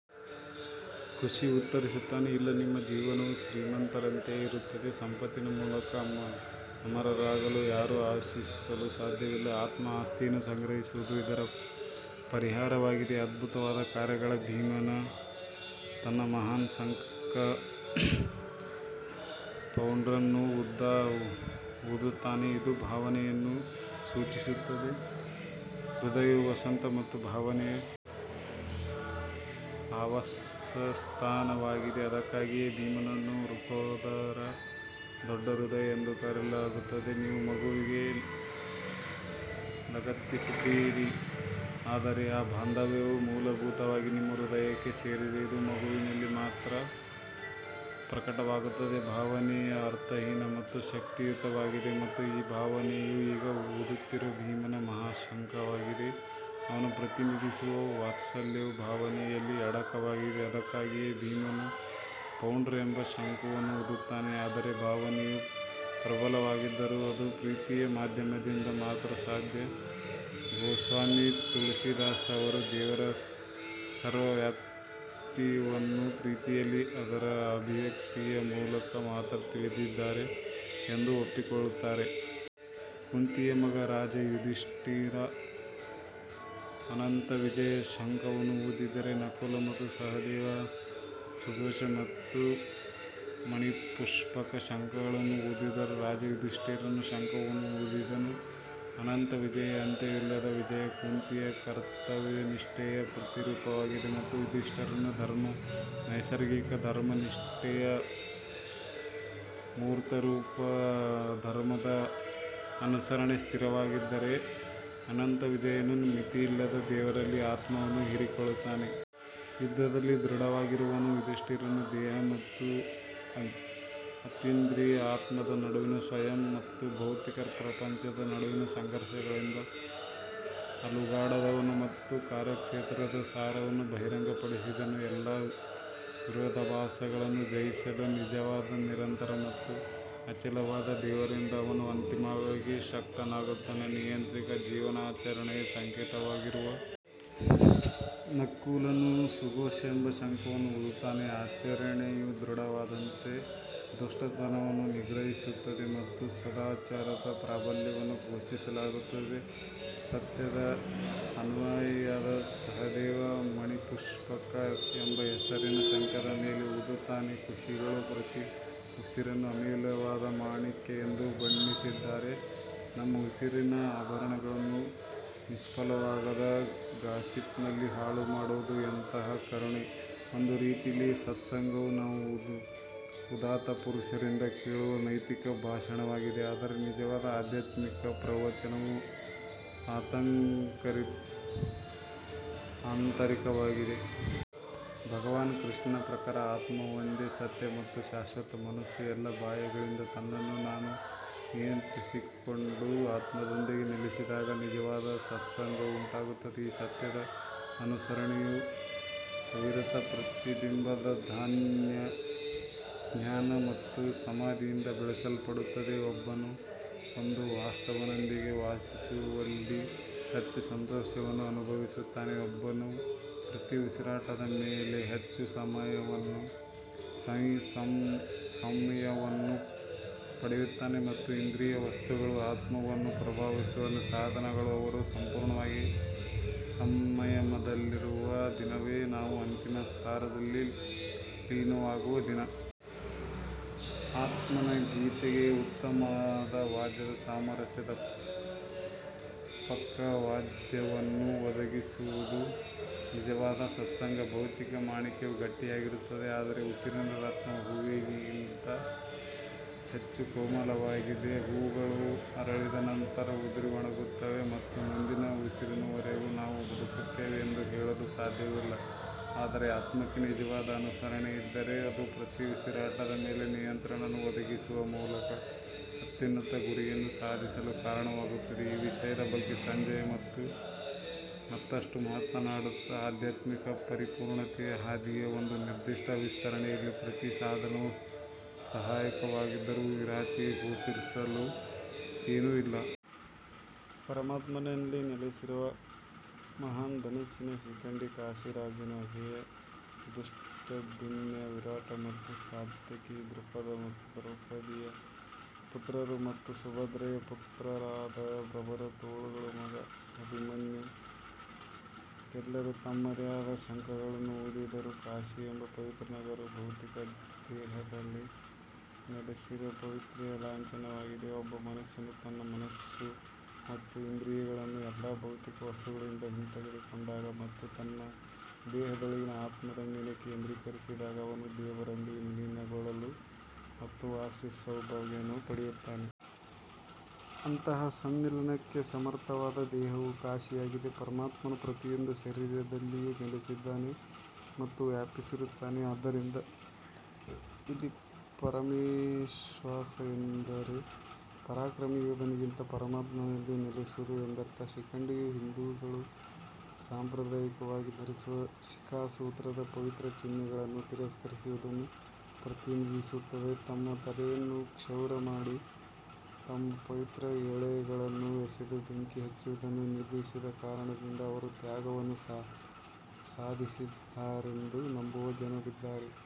ಋಷಿ ಉತ್ತರಿಸುತ್ತಾನೆ ಇಲ್ಲ ನಿಮ್ಮ ಜೀವನವು ಶ್ರೀಮಂತರಂತೆಯೇ ಇರುತ್ತದೆ ಸಂಪತ್ತಿನ ಮೂಲಕ ಅಮರರಾಗಲು ಯಾರೂ ಆಶಿಸಲು ಸಾಧ್ಯವಿಲ್ಲ ಆತ್ಮ ಆಸ್ತಿಯನ್ನು ಸಂಗ್ರಹಿಸುವುದು ಇದರ ಪರಿಹಾರವಾಗಿದೆ ಅದ್ಭುತವಾದ ಕಾರ್ಯಗಳ ಭೀಮನು ತನ್ನ ಮಹಾನ್ ಶಂಖ ಪೌಂಡ್ರನ್ನು ಊದುತ್ತಾನೆ, ಇದು ಭಾವನೆಯನ್ನು ಸೂಚಿಸುತ್ತದೆ ಹೃದಯವು ವಸಂತ ಮತ್ತು ಭಾವನೆಯ ಆವಾಸಸ್ಥಾನವಾಗಿದೆ ಅದಕ್ಕಾಗಿಯೇ ಭೀಮನನ್ನು ವೃಕೋದರ ದೊಡ್ಡ ಹೃದಯ ಎಂದು ಕರೆಯಲಾಗುತ್ತದೆ ನೀವು ಮಗುವಿಗೆ ಲಗತ್ತಿಸಿದ್ದೀರಿ ಆದರೆ ಆ ಬಾಂಧವ್ಯವು ಮೂಲಭೂತವಾಗಿ ನಿಮ್ಮ ಹೃದಯಕ್ಕೆ ಸೇರಿದೆ ಇದು ಮಗುವಿನಲ್ಲಿ ಮಾತ್ರ ಪ್ರಕಟವಾಗುತ್ತದೆ ಭಾವನೆಯು ಅರ್ಥಹೀನ ಮತ್ತು ಶಕ್ತಿಯುತವಾಗಿದೆ ಮತ್ತು ಈ ಭಾವನೆಯು ಈಗ ಊದುತ್ತಿರುವ ಭೀಮನ ಮಹಾ ಶಂಖವಾಗಿದೆ ಅವನು ಪ್ರತಿನಿಧಿಸುವ ವಾತ್ಸಲ್ಯವು ಭಾವನೆಯಲ್ಲಿ ಅಡಕವಾಗಿದೆ ಅದಕ್ಕಾಗಿಯೇ ಭೀಮನು ಪೌಂಡ್ರ್ ಎಂಬ ಶಂಖವನ್ನು ಊದುತ್ತಾನೆ ಆದರೆ ಭಾವನೆಯು ಪ್ರಬಲವಾಗಿದ್ದರೂ ಅದು ಪ್ರೀತಿಯ ಮಾಧ್ಯಮದಿಂದ ಮಾತ್ರ ಸಾಧ್ಯ ಗೋಸ್ವಾಮಿ ತುಳಸಿದಾಸ್ ಅವರು ದೇವರ ಸರ್ವವ್ಯಾಪಿತ್ವವನ್ನು ಪ್ರೀತಿಯಲ್ಲಿ ಅದರ ಅಭಿವ್ಯಕ್ತಿಯ ಮೂಲಕ ಮಾತ್ರ ತಿಳಿದಿದ್ದಾರೆ ಎಂದು ಒಪ್ಪಿಕೊಳ್ಳುತ್ತಾರೆ. ಕುಂತಿಯ ಮಗ ರಾಜ ಯುಧಿಷ್ಠರ್ ಅನಂತವಿಜಯ ಶಂಖವನ್ನು ಊದಿದರೆ ನಕುಲ್ ಮತ್ತು ಸಹದೇವ ಸುಘೋಷ ಮತ್ತು ಮಣಿಪುಷ್ಪಕ ಶಂಖಗಳನ್ನು ಊದಿದರು. ರಾಜ ಯುಧಿಷ್ಠಿರನು ಶಂಖವನ್ನು ಊದಿದನು ಅನಂತವಿಜಯ ಅಂತ್ಯವಿಲ್ಲದ ವಿಜಯ ಕುಂತಿಯು ಕರ್ತವ್ಯನಿಷ್ಠೆಯ ಪ್ರತಿರೂಪವಾಗಿದೆ ಮತ್ತು ಯುಧಿಷ್ಠಿರನು ಧರ್ಮ ನೈಸರ್ಗಿಕ ಧರ್ಮನಿಷ್ಠೆಯ ಮೂರ್ತರೂಪ ಧರ್ಮದ ಅನುಸರಣೆ ಸ್ಥಿರವಾಗಿದ್ದರೆ ಅನಂತವಿಜಯನು ಮಿತಿಯಿಲ್ಲದ ದೇವರಲ್ಲಿ ಆತ್ಮವನ್ನು ಹೀರಿಕೊಳ್ಳುತ್ತಾನೆ. ಯುದ್ಧದಲ್ಲಿ ದೃಢವಾಗಿರುವವನು ಯುಧಿಷ್ಠಿರನು ದೇಹ ಮತ್ತು ಅತೀಂದ್ರಿಯ ಆತ್ಮದ ನಡುವಿನ ಸ್ವಯಂ ಮತ್ತು ಭೌತಿಕ ಪ್ರಪಂಚದ ನಡುವಿನ ಸಂಘರ್ಷಗಳಿಂದ ಅಲುಗಾಡದವನು ಮತ್ತು ಕಾರ್ಯಕ್ಷೇತ್ರದ ಸಾರವನ್ನು ಬಹಿರಂಗಪಡಿಸಿದವನು. ಎಲ್ಲಾ ವಿರೋಧಾಭಾಸಗಳನ್ನು ಜಯಿಸಲು ನಿಜವಾದ ನಿರಂತರ ಮತ್ತು ಅಚಲವಾದ ದೇವರಿಂದ ಅವನು ಅಂತಿಮವಾಗಿ ಶಕ್ತನಾಗುತ್ತಾನೆ. ನಿಯಂತ್ರಿತ ಜೀವನಾಚರಣೆಯ ಸಂಕೇತವಾಗಿರುವ ನಕುಲನು ಸುಘೋಷ ಎಂಬ ಶಂಖವನ್ನು ಊದುತ್ತಾನೆ ಆಚರಣೆಯು ದೃಢವಾದಂತೆ ದುಷ್ಟತನವನ್ನು ನಿಗ್ರಹಿಸುತ್ತದೆ ಮತ್ತು ಸದಾಚಾರದ ಪ್ರಾಬಲ್ಯವನ್ನು ಘೋಷಿಸಲಾಗುತ್ತದೆ ಸತ್ಯದ ಅನುಯಾಯಿಯಾದ ಸಹದೇವ ಮಣಿಪುಷ್ಪಕ ಎಂಬ ಹೆಸರಿನ ಶಂಖದ ಮೇಲೆ ಊದುತ್ತಾನೆ ಋಷಿಗಳು ಪ್ರತಿ ಉಸಿರನ್ನು ಅಮೂಲ್ಯವಾದ ಮಾಣಿಕ್ಯ ಎಂದು ಬಣ್ಣಿಸಿದ್ದಾರೆ ನಮ್ಮ ಉಸಿರಿನ ಆಭರಣಗಳನ್ನು ನಿಷ್ಫಲವಾದ ಗಾಸಿಪ್ನಲ್ಲಿ ಹಾಳುಮಾಡುವುದು ಎಂತಹ ಕರುಣೆ ಒಂದು ರೀತಿಯ ಸತ್ಸಂಗವು ನಾವು ಉದಾತ್ತ ಪುರುಷರಿಂದ ಕೇಳುವ ನೈತಿಕ ಭಾಷಣವಾಗಿದೆ ಆದರೆ ನಿಜವಾದ ಆಧ್ಯಾತ್ಮಿಕ ಪ್ರವಚನವು ಆಂತರಿಕವಾಗಿದೆ. ಭಗವಾನ್ ಕೃಷ್ಣನ ಪ್ರಕಾರ ಆತ್ಮವೊಂದೇ ಸತ್ಯ ಮತ್ತು ಶಾಶ್ವತ ಮನಸ್ಸು ಎಲ್ಲಾ ಬಾಹ್ಯಗಳಿಂದ ತನ್ನನ್ನು ತಾನು ನಿಯಂತ್ರಿಸಿಕೊಂಡು ಆತ್ಮದೊಂದಿಗೆ ನೆಲೆಸಿದಾಗ ನಿಜವಾದ ಸತ್ಸಂಗವು ಉಂಟಾಗುತ್ತದೆ ಈ ಸತ್ಯದ ಅನುಸರಣೆಯು ಅವಿರತ ಪ್ರತಿಬಿಂಬದ ಧ್ಯಾನ ಮತ್ತು ಸಮಾಧಿಯಿಂದ ಬೆಳೆಸಲ್ಪಡುತ್ತದೆ, ಒಬ್ಬನು ಒಂದು ವಾಸ್ತವದೊಂದಿಗೆ ವಾಸಿಸುವಲ್ಲಿ ಹೆಚ್ಚು ಸಂತೋಷವನ್ನು ಅನುಭವಿಸುತ್ತಾನೆ, ಒಬ್ಬನು ಪ್ರತಿ ಉಸಿರಾಟದ ಮೇಲೆ ಹೆಚ್ಚು ಸಂಯಮವನ್ನು ಪಡೆಯುತ್ತಾನೆ ಮತ್ತು ಇಂದ್ರಿಯ ವಸ್ತುಗಳು ಆತ್ಮವನ್ನು ಪ್ರಭಾವಿಸುವ ಸಾಧನಗಳು ಅವರು ಸಂಪೂರ್ಣವಾಗಿ ಸಂಯಮದಲ್ಲಿರುವ ದಿನವೇ ನಾವು ಅಂತಿಮ ಸಾರದಲ್ಲಿ ಲೀನವಾಗುವ ದಿನ. ಆತ್ಮನ ಗೀತೆಗೆ ಉತ್ತಮವಾದ ವಾದ್ಯದ ಸಾಮರಸ್ಯದ ಪಕ್ಕವಾದ್ಯವನ್ನು ಒದಗಿಸುವುದು ನಿಜವಾದ ಸತ್ಸಂಗ. ಭೌತಿಕ ಮಾಣಿಕ್ಯವು ಗಟ್ಟಿಯಾಗಿರುತ್ತದೆ ಆದರೆ ಉಸಿರಿನ ರತ್ನವು ಹೂವಿನಿಗಿಂತ ಹೆಚ್ಚು ಕೋಮಲವಾಗಿದೆ ಹೂವುಗಳು ಅರಳಿದ ನಂತರ ಉದುರಿ ಒಣಗುತ್ತವೆ ಮತ್ತು ಮುಂದಿನ ಉಸಿರಿನವರೆಗೂ ನಾವು ಬದುಕುತ್ತೇವೆ ಎಂದು ಹೇಳಲು ಸಾಧ್ಯವಿಲ್ಲ ಆದರೆ ಆತ್ಮಕ್ಕೆ ನಿಜವಾದ ಅನುಸರಣೆ ಇದ್ದರೆ ಅದು ಪ್ರತಿ ಉಸಿರಾಟದ ಮೇಲೆ ನಿಯಂತ್ರಣವನ್ನು ಒದಗಿಸುವ ಮೂಲಕ ಅತ್ಯುನ್ನತ ಗುರಿಯನ್ನು ಸಾಧಿಸಲು ಕಾರಣವಾಗುತ್ತದೆ ಈ ವಿಷಯದ ಬಗ್ಗೆ ಸಂಜಯ್ ಮತ್ತಷ್ಟು ಮಾತನಾಡುತ್ತಾ, ಆಧ್ಯಾತ್ಮಿಕ ಪರಿಪೂರ್ಣತೆಯ ಹಾದಿಯ ಒಂದು ನಿರ್ದಿಷ್ಟ ವಿಸ್ತರಣೆಯಲ್ಲಿ ಪ್ರತಿ ಸಾಧನವು ಸಹಾಯಕವಾಗಿದ್ದರೂ ಇದರಾಚೆಗೆ ಘೋಷಿಸಲು ಏನೂ ಇಲ್ಲ. ಪರಮಾತ್ಮನಲ್ಲಿ ನೆಲೆಸಿರುವ ಮಹಾನ್ ಧನುಸ್ಸಿನ ಶಿಖಂಡಿ ಕಾಶಿರಾಜನು ಅಜೇಯ ಧೃಷ್ಟದ್ಯುಮ್ನ ವಿರಾಟ್ ಮತ್ತು ಸಾತ್ಯಕಿ ದ್ರುಪದ್ ಮತ್ತು ದ್ರೌಪದಿಯ ಪುತ್ರರು ಮತ್ತು ಸುಭದ್ರೆಯ ಪುತ್ರರಾದ ಪ್ರಬಲ ತೋಳುಗಳ ಮಗ ಅಭಿಮನ್ಯು ಎಲ್ಲರೂ ತಮ್ಮದೇ ಆದ ಶಂಖಗಳನ್ನು ಊದಿದರು. ಕಾಶಿ ಎಂಬ ಪವಿತ್ರ ನಗರವು ಭೌತಿಕ ದೇಹದಲ್ಲಿ ನೆಲೆಸಿರುವ ಪವಿತ್ರತೆಯ ಲಾಂಛನವಾಗಿದೆ ಒಬ್ಬ ಮನುಷ್ಯನು ತನ್ನ ಮನಸ್ಸು ಮತ್ತು ಇಂದ್ರಿಯಗಳನ್ನು ಎಲ್ಲಾ ಭೌತಿಕ ವಸ್ತುಗಳಿಂದ ಹಿಂತೆಗೆದುಕೊಂಡಾಗ ಮತ್ತು ತನ್ನ ದೇಹದೊಳಗಿನ ಆತ್ಮದ ಮೇಲೆ ಕೇಂದ್ರೀಕರಿಸಿದಾಗ ಅವನು ದೇವರೊಂದಿಗೆ ವಿಲೀನಗೊಳ್ಳಲು ಮತ್ತು ವಾಸಿಸುವ ಸೌಭಾಗ್ಯವನ್ನು ಪಡೆಯುತ್ತಾನೆ. ಅಂತಹ ಸಮ್ಮಿಲನಕ್ಕೆ ಸಮರ್ಥವಾದ ದೇಹವು ಕಾಶಿಯಾಗಿದೆ ಪರಮಾತ್ಮನು ಪ್ರತಿಯೊಂದು ಶರೀರದಲ್ಲಿಯೂ ನೆಲೆಸಿದ್ದಾನೆ ಮತ್ತು ವ್ಯಾಪಿಸಿರುತ್ತಾನೆ ಆದ್ದರಿಂದ ಇಲ್ಲಿ ಪರಮೇಶ್ವಾಸ ಎಂದರೆ ಪರಾಕ್ರಮಿ ಯೋಧನಿಗಿಂತ ಪರಮಾತ್ಮನಲ್ಲಿ ನೆಲೆಸುವುದು ಎಂದರ್ಥ. ಶಿಖಂಡಿಯು ಹಿಂದೂಗಳು ಸಾಂಪ್ರದಾಯಿಕವಾಗಿ ಧರಿಸುವ ಶಿಖಾ ಸೂತ್ರದ ಪವಿತ್ರ ಚಿಹ್ನೆಗಳನ್ನು ತಿರಸ್ಕರಿಸುವುದನ್ನು ಪ್ರತಿನಿಧಿಸುತ್ತದೆ ತಮ್ಮ ತಲೆಯನ್ನು ಕ್ಷೌರ ಮಾಡಿ ತಮ್ಮ ಪವಿತ್ರ ಎಳೆಗಳನ್ನು ಎಸೆದು ಬೆಂಕಿ ಹಚ್ಚುವುದನ್ನು ನಿಲ್ಲಿಸಿದ ಕಾರಣದಿಂದ ಅವರು ತ್ಯಾಗವನ್ನು ಸಾಧಿಸಿದ್ದಾರೆಂದು ನಂಬುವ ಜನರಿದ್ದಾರೆ.